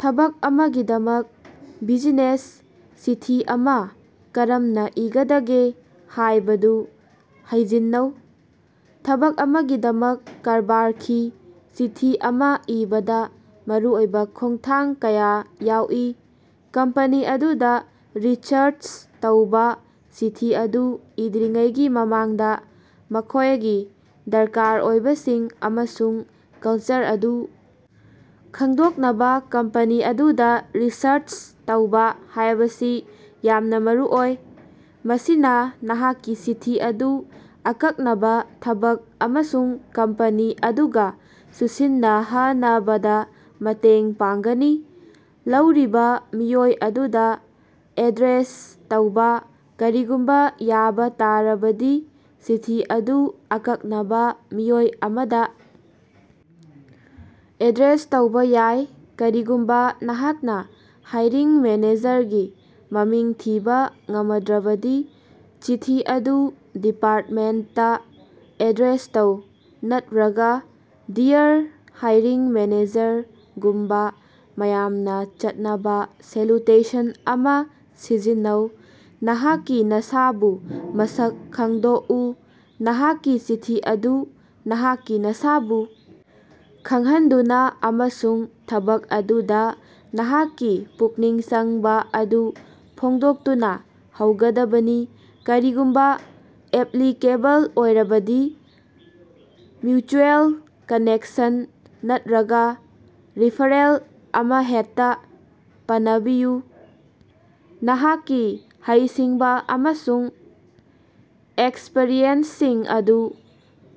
ꯊꯕꯛ ꯑꯃꯒꯤꯗꯃꯛ ꯕꯤꯖꯤꯅꯦꯁ ꯆꯤꯊꯤ ꯑꯃꯥ ꯀꯔꯝꯅꯥ ꯏꯒꯗꯒꯦ ꯍꯥꯌꯕꯗꯨ ꯍꯩꯖꯤꯟꯅꯧ꯫ ꯊꯕꯛ ꯑꯃꯒꯤꯗꯃꯛ ꯀꯔꯕꯥꯔꯈꯤ ꯆꯤꯊꯤ ꯑꯃꯥ ꯏꯕꯗꯥ ꯃꯔꯨꯑꯣꯏꯕꯥ ꯈꯣꯡꯊꯥꯡ ꯀꯌꯥ ꯌꯥꯎꯏ: ꯀꯝꯄꯅꯤ ꯑꯗꯨꯗꯥ ꯔꯤꯁꯔꯆ ꯇꯧꯕ :ꯆꯤꯊꯤ ꯑꯗꯨ ꯏꯗ꯭ꯔꯤꯉꯩꯒꯤ ꯃꯃꯥꯡꯗꯥ, ꯃꯈꯣꯌꯒꯤ ꯗꯔꯀꯥꯔ ꯑꯣꯏꯕꯁꯤꯡ ꯑꯃꯁꯨꯡ ꯀꯜꯆꯔ ꯑꯗꯨ ꯈꯪꯗꯣꯛꯅꯕꯥ ꯀꯝꯄꯅꯤ ꯑꯗꯨꯗꯥ ꯔꯤꯁꯔꯆ ꯇꯧꯕꯥ ꯍꯥꯌꯕꯁꯤ ꯌꯥꯝꯅꯥ ꯃꯔꯨꯑꯣꯏ꯫ ꯃꯁꯤꯅꯥ ꯅꯍꯥꯛꯀꯤ ꯆꯤꯊꯤ ꯑꯗꯨ ꯑꯀꯛꯅꯕꯥ ꯊꯕꯛ ꯑꯃꯁꯨꯡ ꯀꯝꯄꯅꯤ ꯑꯗꯨꯒꯥ ꯆꯨꯁꯤꯟꯅꯍꯅꯕꯗꯥ ꯃꯇꯦꯡ ꯄꯥꯡꯒꯅꯤ꯫ ꯂꯧꯔꯤꯕꯥ ꯃꯤꯑꯣꯏ ꯑꯗꯨꯗꯥ ꯑꯦꯗ꯭ꯔꯦꯁ ꯇꯧꯕꯥ: ꯀꯔꯤꯒꯨꯝꯕꯥ ꯌꯥꯕꯥ ꯇꯥꯔꯕꯗꯤ, ꯆꯤꯊꯤ ꯑꯗꯨ ꯑꯀꯛꯅꯕꯥ ꯃꯤꯑꯣꯏ ꯑꯃꯗꯥ ꯑꯦꯗ꯭ꯔꯦꯁ ꯇꯧꯕꯥ ꯌꯥꯏ꯫ ꯀꯔꯤꯒꯨꯝꯕꯥ ꯅꯍꯥꯛꯅꯥ ꯍꯥꯏꯔꯤꯡ ꯃꯦꯅꯦꯖꯔꯒꯤ ꯃꯃꯤꯡ ꯊꯤꯕꯥ ꯉꯃꯗ꯭ꯔꯕꯗꯤ, ꯆꯤꯊꯤ ꯑꯗꯨ ꯗꯤꯄꯥꯔꯇꯃꯦꯟꯇꯇꯥ ꯑꯦꯗ꯭ꯔꯦꯁ ꯇꯧ ꯅꯠꯠꯔꯒꯥ "ꯗꯤꯌꯔ ꯍꯥꯏꯔꯤꯡ ꯃꯦꯅꯦꯖꯔ"ꯒꯨꯝꯕꯥ ꯃꯌꯥꯝꯅ ꯆꯠꯅꯕ ꯁꯦꯂꯨꯇꯦꯁꯟ ꯑꯃꯥ ꯁꯤꯖꯤꯟꯅꯧ꯫ ꯅꯍꯥꯛꯀꯤ ꯅꯁꯥꯕꯨ ꯃꯁꯛ ꯈꯪꯗꯣꯀꯎ: ꯅꯍꯥꯛꯀꯤ ꯆꯤꯊꯤ ꯑꯗꯨ ꯅꯍꯥꯛꯀꯤ ꯅꯁꯥꯕꯨ ꯈꯪꯍꯟꯗꯨꯅꯥ ꯑꯃꯁꯨꯡ ꯊꯕꯛ ꯑꯗꯨꯗꯥ ꯅꯍꯥꯛꯀꯤ ꯄꯨꯛꯅꯤꯡ ꯆꯪꯕꯥ ꯑꯗꯨ ꯐꯣꯡꯗꯣꯛꯇꯨꯅꯥ ꯍꯧꯒꯗꯕꯅꯤ꯫ ꯀꯔꯤꯒꯨꯝꯕꯥ ꯑꯦꯞꯂꯤꯀꯦꯕꯜ ꯑꯣꯏꯔꯕꯗꯤ, ꯃ꯭ꯌꯨꯆꯨꯑꯦꯜ ꯀꯅꯦꯛꯁꯟ ꯅꯠꯠꯔꯒꯥ ꯔꯤꯐꯔꯦꯜ ꯑꯃꯍꯦꯇ ꯄꯅꯕꯤꯌꯨ꯫ ꯅꯍꯥꯛꯀꯤ ꯍꯩꯁꯤꯡꯕꯥ ꯑꯃꯁꯨꯡ ꯑꯦꯛꯁꯄꯔꯤꯌꯦꯟꯁꯁꯤꯡ ꯑꯗꯨ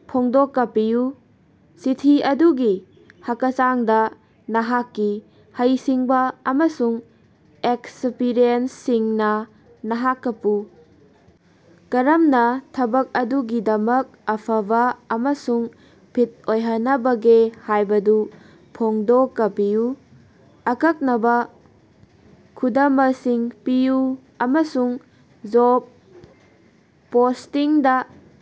ꯐꯣꯡꯗꯣꯀꯄꯤꯌꯨ: ꯆꯤꯊꯤ ꯑꯗꯨꯒꯤ ꯍꯀꯆꯥꯡꯗꯥ, ꯅꯍꯥꯛꯀꯤ ꯍꯩꯁꯤꯡꯕꯥ ꯑꯃꯁꯨꯡ ꯑꯦꯛꯁꯄꯔꯤꯌꯦꯟꯁꯁꯤꯡꯅꯥ ꯅꯍꯥꯀꯄꯨ ꯀꯔꯝꯅꯥ ꯊꯕꯛ ꯑꯗꯨꯒꯤꯗꯃꯛ ꯑꯐꯕꯥ ꯑꯃꯁꯨꯡ ꯐꯤꯠ ꯑꯣꯏꯍꯅꯕꯒꯦ ꯍꯥꯌꯕꯗꯨ ꯐꯣꯡꯗꯣꯀꯄꯤꯌꯨ꯫ ꯑꯀꯛꯅꯕꯥ ꯈꯨꯗꯃꯁꯤꯡ ꯄꯤꯌꯨ ꯑꯃꯁꯨꯡ ꯖꯣꯕ ꯄꯣꯁ꯭ꯇꯤꯡꯗꯥ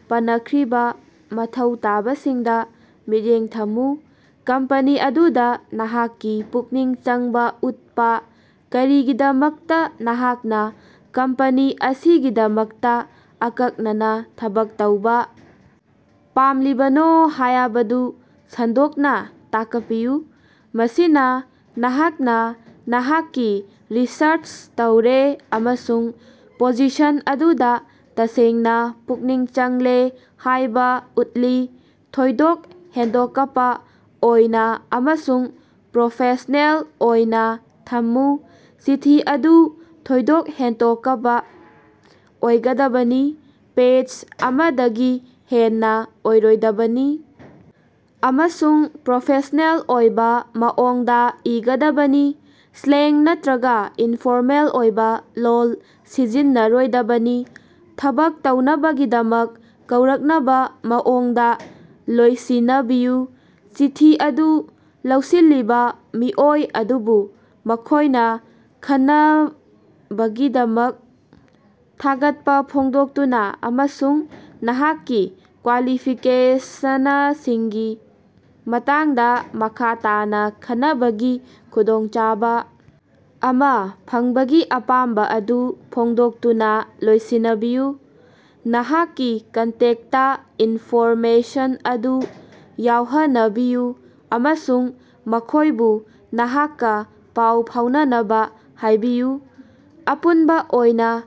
ꯄꯅꯈ꯭ꯔꯤꯕꯥ ꯃꯊꯧ ꯇꯥꯕꯁꯤꯡꯗꯥ ꯃꯤꯠꯌꯦꯡ ꯊꯝꯃꯨ꯫ ꯀꯝꯄꯅꯤ ꯑꯗꯨꯗꯥ ꯅꯍꯥꯛꯀꯤ ꯄꯨꯛꯅꯤꯡ ꯆꯪꯕꯥ ꯎꯠꯄꯥ: ꯀꯔꯤꯒꯤꯗꯃꯛꯇꯥ ꯅꯍꯥꯛꯅꯥ ꯀꯝꯄꯅꯤ ꯑꯁꯤꯒꯤꯗꯃꯛꯇꯥ ꯑꯀꯛꯅꯅꯥ ꯊꯕꯛ ꯇꯧꯕꯥ ꯄꯥꯝꯂꯤꯕꯅꯣ ꯍꯥꯌꯕꯗꯨ ꯁꯟꯗꯣꯛꯅꯥ ꯇꯥꯀꯄꯤꯌꯨ꯫ ꯃꯁꯤꯅꯥ ꯅꯍꯥꯛꯅꯥ ꯅꯍꯥꯛꯀꯤ ꯔꯤꯁꯔꯆ ꯇꯧꯔꯦ ꯑꯃꯁꯨꯡ ꯄꯣꯖꯤꯁꯟ ꯑꯗꯨꯗꯥ ꯇꯁꯦꯡꯅꯥ ꯄꯨꯛꯅꯤꯡ ꯆꯪꯂꯦ ꯍꯥꯌꯕꯥ ꯎꯠꯂꯤ꯫ ꯊꯣꯏꯗꯣꯛ ꯍꯦꯟꯗꯣꯀꯄꯥ ꯑꯣꯏꯅꯥ ꯑꯃꯁꯨꯡ ꯄ꯭ꯔꯣꯐꯦꯁ꯭ꯅꯦꯜ ꯑꯣꯏꯅꯥ ꯊꯝꯃꯨ: ꯆꯤꯊꯤ ꯑꯗꯨ ꯊꯣꯏꯗꯣꯛ ꯍꯦꯟꯗꯣꯀꯄꯥ ꯑꯣꯏꯒꯗꯕꯅꯤ, ꯄꯦꯖ ꯑꯃꯗꯒꯤ ꯍꯦꯟꯅꯥ ꯑꯣꯏꯔꯣꯏꯗꯕꯅꯤ ꯑꯃꯁꯨꯡ ꯄ꯭ꯔꯣꯐꯦꯁ꯭ꯅꯦꯜ ꯑꯣꯏꯕꯥ ꯃꯑꯣꯡꯗꯥ ꯏꯒꯗꯕꯅꯤ꯫ ꯁ꯭ꯂꯦꯡ ꯅꯠꯇ꯭ꯔꯒꯥ ꯏꯅꯐꯣꯔꯃꯦꯜ ꯑꯣꯏꯕꯥ ꯂꯣꯜ ꯁꯤꯖꯤꯟꯅꯔꯣꯏꯗꯕꯅꯤ꯫ ꯊꯕꯛ ꯇꯧꯅꯕꯒꯤꯗꯃꯛ ꯀꯧꯔꯛꯅꯕ ꯃꯑꯣꯡꯗ ꯂꯣꯏꯁꯤꯅꯕꯤꯌꯨ: ꯆꯤꯊꯤ ꯑꯗꯨ ꯂꯧꯁꯤꯜꯂꯤꯕꯥ ꯃꯤꯑꯣꯏ ꯑꯗꯨꯕꯨ ꯃꯈꯣꯌꯅꯥ ꯈꯟꯅꯕꯒꯤꯗꯃꯛ ꯊꯥꯒꯠꯄꯥ ꯐꯣꯡꯗꯣꯛꯇꯨꯅꯥ ꯑꯃꯁꯨꯡ ꯅꯍꯥꯛꯀꯤ ꯀ꯭ꯋꯥꯂꯤꯐꯤꯀꯦꯁꯅꯁꯤꯡꯒꯤ ꯃꯇꯥꯡꯗꯥ ꯃꯈꯥ ꯇꯥꯅꯥ ꯈꯟꯅꯕꯒꯤ ꯈꯨꯗꯣꯡꯆꯥꯕꯥ ꯑꯃꯥ ꯐꯪꯕꯒꯤ ꯑꯄꯥꯝꯕꯥ ꯑꯗꯨ ꯐꯣꯡꯗꯣꯛꯇꯨꯅꯥ ꯂꯣꯏꯁꯤꯅꯕꯤꯌꯨ꯫ ꯅꯍꯥꯛꯀꯤ ꯀꯟꯇꯦꯛꯇ ꯏꯟꯐꯣꯔꯃꯦꯁꯟ ꯑꯗꯨ ꯌꯥꯎꯍꯅꯕꯤꯌꯨ ꯑꯃꯁꯨꯡ ꯃꯈꯣꯌꯕꯨ ꯅꯍꯥꯛꯀꯥ ꯄꯥꯎ ꯐꯥꯎꯅꯅꯕꯥ ꯍꯥꯏꯕꯤꯌꯨ꯫ ꯑꯄꯨꯟꯕꯥ ꯑꯣꯏꯅꯥ,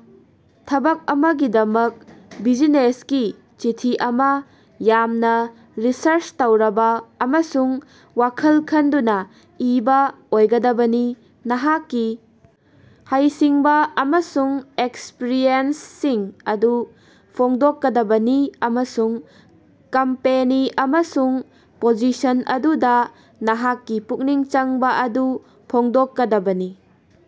ꯊꯕꯛ ꯑꯃꯒꯤꯗꯃꯛ ꯕꯤꯖꯤꯅꯦꯁꯀꯤ ꯆꯤꯊꯤ ꯑꯃꯥ ꯌꯥꯝꯅꯥ ꯔꯤꯁꯔꯆ ꯇꯧꯔꯕꯥ ꯑꯃꯁꯨꯡ ꯋꯥꯈꯜ ꯈꯟꯗꯨꯅꯥ ꯏꯕꯥ ꯑꯣꯏꯒꯗꯕꯅꯤ, ꯅꯍꯥꯛꯀꯤ ꯍꯩꯁꯤꯡꯕꯥ ꯑꯃꯁꯨꯡ ꯑꯦꯛꯁꯄ꯭ꯔꯤꯌꯦꯟꯁꯁꯤꯡ ꯑꯗꯨ ꯐꯣꯡꯗꯣꯛꯀꯗꯕꯅꯤ ꯑꯃꯁꯨꯡ ꯀꯝꯄꯦꯅꯤ ꯑꯃꯁꯨꯡ ꯄꯣꯖꯤꯁꯟ ꯑꯗꯨꯗꯥ ꯅꯍꯥꯛꯀꯤ ꯄꯨꯛꯅꯤꯡ ꯆꯪꯕꯥ ꯑꯗꯨ ꯐꯣꯡꯗꯣꯛꯀꯗꯕꯅꯤ꯫